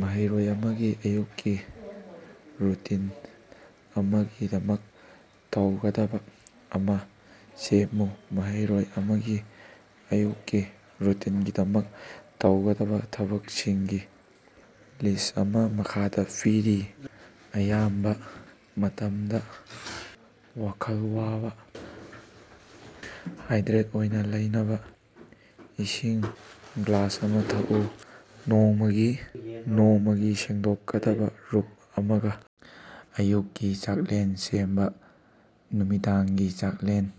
ꯃꯍꯩꯔꯣꯏ ꯑꯃꯒꯤ ꯑꯌꯨꯛꯀꯤ ꯔꯨꯇꯤꯟ ꯑꯃꯒꯤꯗꯃꯛ ꯇꯧꯒꯗꯕ ꯑꯃ ꯁꯦꯝꯃꯨ꯫ ꯃꯍꯩꯔꯣꯏ ꯑꯃꯒꯤ ꯑꯌꯨꯛꯀꯤ ꯔꯨꯇꯤꯟꯒꯤꯗꯃꯛ ꯇꯧꯒꯗꯕꯥ ꯊꯕꯛꯁꯤꯡꯒꯤ ꯂꯤꯁ꯭ꯠ ꯑꯃ ꯃꯈꯥꯗ ꯄꯤꯔꯤ: ꯑꯌꯥꯝꯕꯥ ꯃꯇꯝꯗꯥ ꯋꯥꯈꯜ ꯋꯥꯕꯥ ꯍꯥꯏꯗ꯭ꯔꯦꯠ ꯑꯣꯏꯅꯥ ꯂꯩꯅꯕꯥ ꯏꯁꯤꯡ ꯒ꯭ꯂꯥꯁ ꯑꯃ ꯊꯛꯎ꯫ ꯅꯣꯡꯃꯒꯤ ꯁꯦꯡꯗꯣꯛꯀꯗꯕ ꯔꯨꯝ ꯑꯃꯒ ꯑꯌꯨꯛꯀꯤ ꯆꯥꯛꯂꯦꯟ ꯁꯦꯝꯕ ꯅꯨꯃꯤꯗꯥꯡꯒꯤ ꯆꯥꯛꯂꯦꯟ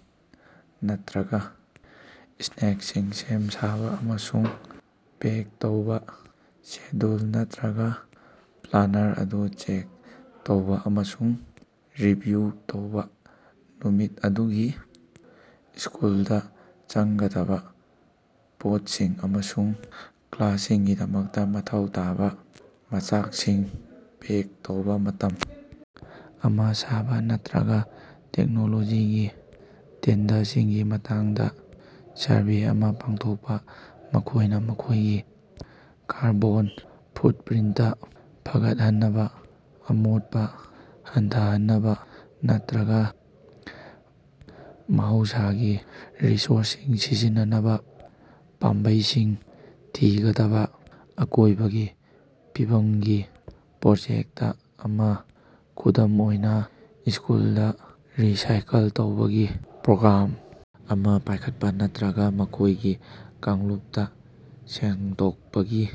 ꯅꯠꯇ꯭ꯔꯒꯥ ꯁ꯭ꯅꯦꯛꯁꯤꯡ ꯁꯦꯝ-ꯁꯥꯕꯥ ꯑꯃꯁꯨꯡ ꯄꯦꯛ ꯇꯧꯕꯥ ꯁꯦꯗ꯭ꯌꯨꯜ ꯅꯠꯇ꯭ꯔꯒꯥ ꯄ꯭ꯂꯥꯅꯔ ꯑꯗꯨ ꯆꯦꯛ ꯇꯧꯕꯥ ꯑꯃꯁꯨꯡ ꯔꯤꯚꯤꯌꯨ ꯇꯧꯕꯥ꯫ ꯅꯨꯃꯤꯠ ꯑꯗꯨꯒꯤ ꯁ꯭ꯀꯨꯜꯗ ꯆꯪꯒꯗꯕ ꯄꯣꯠꯁꯤꯡ ꯑꯃꯁꯨꯡ ꯀ꯭ꯂꯥꯁꯁꯤꯡꯒꯤꯗꯃꯛꯇ ꯃꯊꯧ ꯇꯥꯕ ꯃꯆꯥꯛꯁꯤꯡ ꯄꯦꯛ ꯇꯧꯕꯥ ꯃꯇꯝ ꯑꯃ ꯁꯥꯕ ꯅꯠꯇ꯭ꯔꯒ ꯇꯦꯛꯅꯣꯂꯣꯖꯤꯒꯤ ꯇ꯭ꯔꯦꯟꯗꯁꯤꯡꯒꯤ ꯃꯇꯥꯡꯗꯥ ꯁꯔꯚꯦ ꯑꯃꯥ ꯄꯥꯡꯊꯣꯛꯄ꯫ ꯃꯈꯣꯢꯅ ꯃꯈꯣꯢꯒꯤ ꯀꯥꯔꯕꯣꯟ ꯐꯨꯠꯄ꯭ꯔꯤꯟꯇ ꯐꯒꯠꯍꯟꯅꯕ ꯑꯃꯣꯠꯄꯥ ꯍꯟꯊꯍꯟꯅꯕ ꯅꯠꯇ꯭ꯔꯒ ꯃꯍꯧꯁꯥꯒꯤ ꯔꯤꯁꯣꯔꯁꯁꯤꯡ ꯁꯤꯖꯤꯟꯅꯕ ꯄꯥꯝꯕꯩꯁꯤꯡ ꯊꯤꯒꯗꯕꯥ ꯑꯀꯣꯢꯕꯒꯤ ꯐꯤꯕꯝꯒꯤ ꯄ꯭ꯔꯣꯖꯦꯛꯇ ꯑꯃꯥ, ꯈꯨꯗꯝ ꯑꯣꯏꯅ ꯁ꯭ꯀꯨꯜꯗ ꯔꯤꯁꯥꯏꯀꯜ ꯇꯧꯕꯒꯤ ꯄ꯭ꯔꯣꯒ꯭ꯔꯥꯝ ꯑꯃ ꯄꯥꯢꯈꯠꯄ ꯅꯠꯇ꯭ꯔꯒꯥ ꯃꯈꯣꯢꯒꯤ ꯀꯥꯡꯂꯨꯞꯇ ꯁꯦꯡꯗꯣꯛꯄꯒꯤ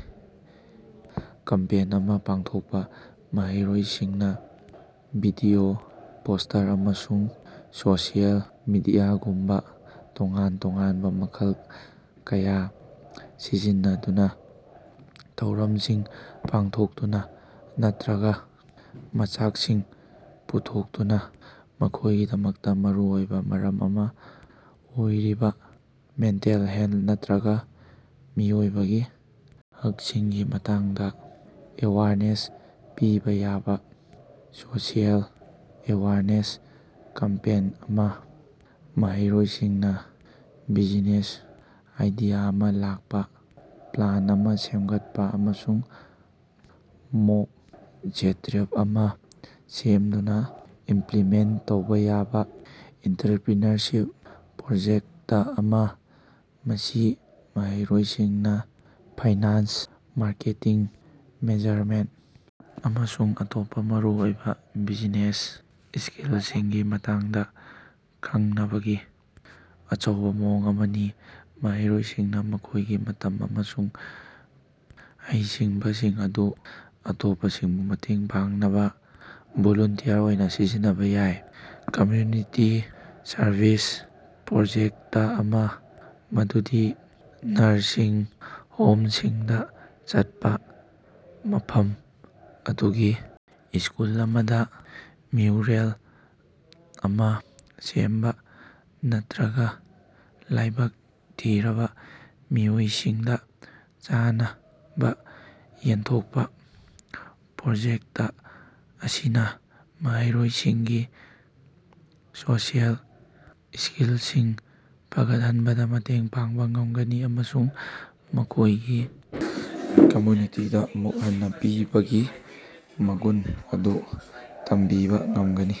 ꯀꯦꯝꯄꯦꯟ ꯑꯃ ꯄꯥꯡꯊꯣꯛꯄꯥ꯫ ꯃꯍꯩꯔꯣꯏꯁꯤꯡꯅꯥ ꯚꯤꯗꯤꯑꯣ, ꯄꯣꯁ꯭ꯇꯔ, ꯑꯃꯁꯨꯡ ꯁꯣꯁꯤꯑꯦꯜ ꯃꯤꯗꯤꯌꯥꯒꯨꯝꯕꯥ ꯇꯣꯉꯥꯟ-ꯇꯣꯉꯥꯟꯕꯥ ꯃꯈꯜ ꯀꯌꯥ ꯁꯤꯖꯤꯟꯅꯗꯨꯅ ꯊꯧꯔꯝꯁꯤꯡ ꯄꯥꯡꯊꯣꯛꯇꯨꯅ ꯅꯠꯇ꯭ꯔꯒꯥ ꯃꯆꯥꯛꯁꯤꯡ ꯄꯨꯊꯣꯛꯇꯨꯅ ꯃꯈꯣꯢꯒꯤꯗꯃꯛꯇ ꯃꯔꯨꯑꯣꯏꯕ ꯃꯔꯝ ꯑꯃ ꯑꯣꯏꯔꯤꯕꯥ ꯃꯦꯟꯇꯦꯜ ꯍꯦꯜꯊ ꯅꯠꯇ꯭ꯔꯒ ꯃꯤꯑꯣꯏꯕꯒꯤ ꯍꯛꯁꯤꯡꯒꯤ ꯃꯇꯥꯡꯗ ꯑꯦꯋꯦꯌꯔꯅꯦꯁ ꯄꯤꯕꯥ ꯌꯥꯕ ꯁꯣꯁꯤꯑꯦꯜ ꯑꯦꯋꯦꯌꯔꯅꯦꯁ ꯀꯦꯝꯄꯦꯟ ꯑꯃꯅꯤ꯫ ꯃꯍꯩꯔꯣꯢꯁꯤꯡꯅ ꯕꯤꯖꯤꯅꯦꯁ ꯑꯥꯏꯗꯤꯌꯥ ꯑꯃ ꯂꯥꯛꯄ ꯄ꯭ꯂꯥꯟ ꯑꯃ ꯁꯦꯝꯒꯠꯄ ꯑꯃꯁꯨꯡ ꯃꯣꯛ ꯁ꯭ꯇꯥꯔꯇꯑꯞ ꯑꯃ ꯁꯦꯝꯗꯨꯅ ꯏꯃꯄ꯭ꯂꯤꯃꯦꯟꯇ ꯇꯧꯕ ꯌꯥꯕꯥ ꯑꯦꯟꯇꯔꯄ꯭ꯔꯤꯅꯔꯁꯤꯞ ꯄ꯭ꯔꯣꯖꯦꯛꯇ ꯑꯃ꯫ ꯃꯁꯤ ꯃꯍꯩꯔꯣꯏꯁꯤꯡꯅ ꯐꯥꯏꯅꯥꯟꯁ ꯃꯥꯔꯀꯦꯇꯤꯡ, ꯃꯦꯅꯦꯖꯃꯦꯟꯇ ꯑꯃꯁꯨꯡ ꯑꯇꯣꯞꯄ ꯃꯔꯨꯑꯣꯏꯕ ꯕꯤꯖꯤꯅꯦꯁ ꯁꯀꯤꯜꯁꯤꯡꯒꯤ ꯃꯇꯥꯡꯗ ꯈꯡꯅꯕꯒꯤ ꯑꯆꯧꯕꯥ ꯃꯑꯣꯡ ꯑꯃꯅꯤ꯫ ꯃꯍꯩꯔꯣꯢꯁꯤꯡꯅ ꯃꯈꯣꯢꯒꯤ ꯃꯇꯝ ꯑꯃꯁꯨꯡ ꯍꯩꯁꯤꯡꯕꯁꯤꯡ ꯑꯗꯨ ꯑꯇꯣꯞꯄꯁꯤꯡꯕꯨ ꯃꯇꯦꯡ ꯄꯥꯡꯅꯕ ꯚꯣꯂꯨꯟꯇꯔꯤ ꯑꯣꯏꯅ ꯁꯤꯖꯤꯟꯅꯕ ꯌꯥꯕ ꯀꯝꯃ꯭ꯌꯨꯅꯤꯇꯤ ꯁꯔꯚꯤꯁ ꯄ꯭ꯔꯣꯖꯦꯛꯇ ꯑꯃ ꯃꯗꯨꯗꯤ ꯅꯔꯁꯤꯡ ꯍꯣꯝꯁꯤꯡꯗ ꯆꯠꯄ ꯃꯐꯝ ꯑꯗꯨꯒꯤ ꯁ꯭ꯀꯨꯜ ꯑꯃꯗꯥ ꯃ꯭ꯌꯨꯔꯦꯜ ꯑꯃꯥ ꯁꯦꯝꯕ ꯅꯠꯇ꯭ꯔꯒꯥ ꯂꯥꯏꯕꯛ ꯊꯤꯔꯕ ꯃꯤꯑꯣꯏꯁꯤꯡꯗ ꯆꯥꯅꯕ ꯌꯦꯟꯊꯣꯛꯄ꯫ ꯄ꯭ꯔꯣꯖꯦꯛꯇ ꯑꯁꯤꯅꯥ ꯃꯍꯩꯔꯣꯏꯁꯤꯡꯒꯤ ꯁꯣꯁꯤꯑꯦꯜ ꯁ꯭ꯀꯤꯜꯁꯤꯡ ꯐꯒꯠꯍꯟꯕꯗ ꯃꯇꯦꯡ ꯄꯥꯡꯕ ꯉꯝꯒꯅꯤ ꯑꯃꯁꯨꯡ ꯃꯈꯣꯢꯒꯤ ꯀꯝꯃ꯭ꯌꯨꯅꯤꯇꯤꯗꯥ ꯑꯃꯨꯛ ꯍꯦꯟꯅ ꯄꯤꯕꯒꯤ ꯃꯒꯨꯟ ꯑꯗꯨ ꯇꯝꯕꯤꯕꯥ ꯉꯝꯒꯅꯤ꯫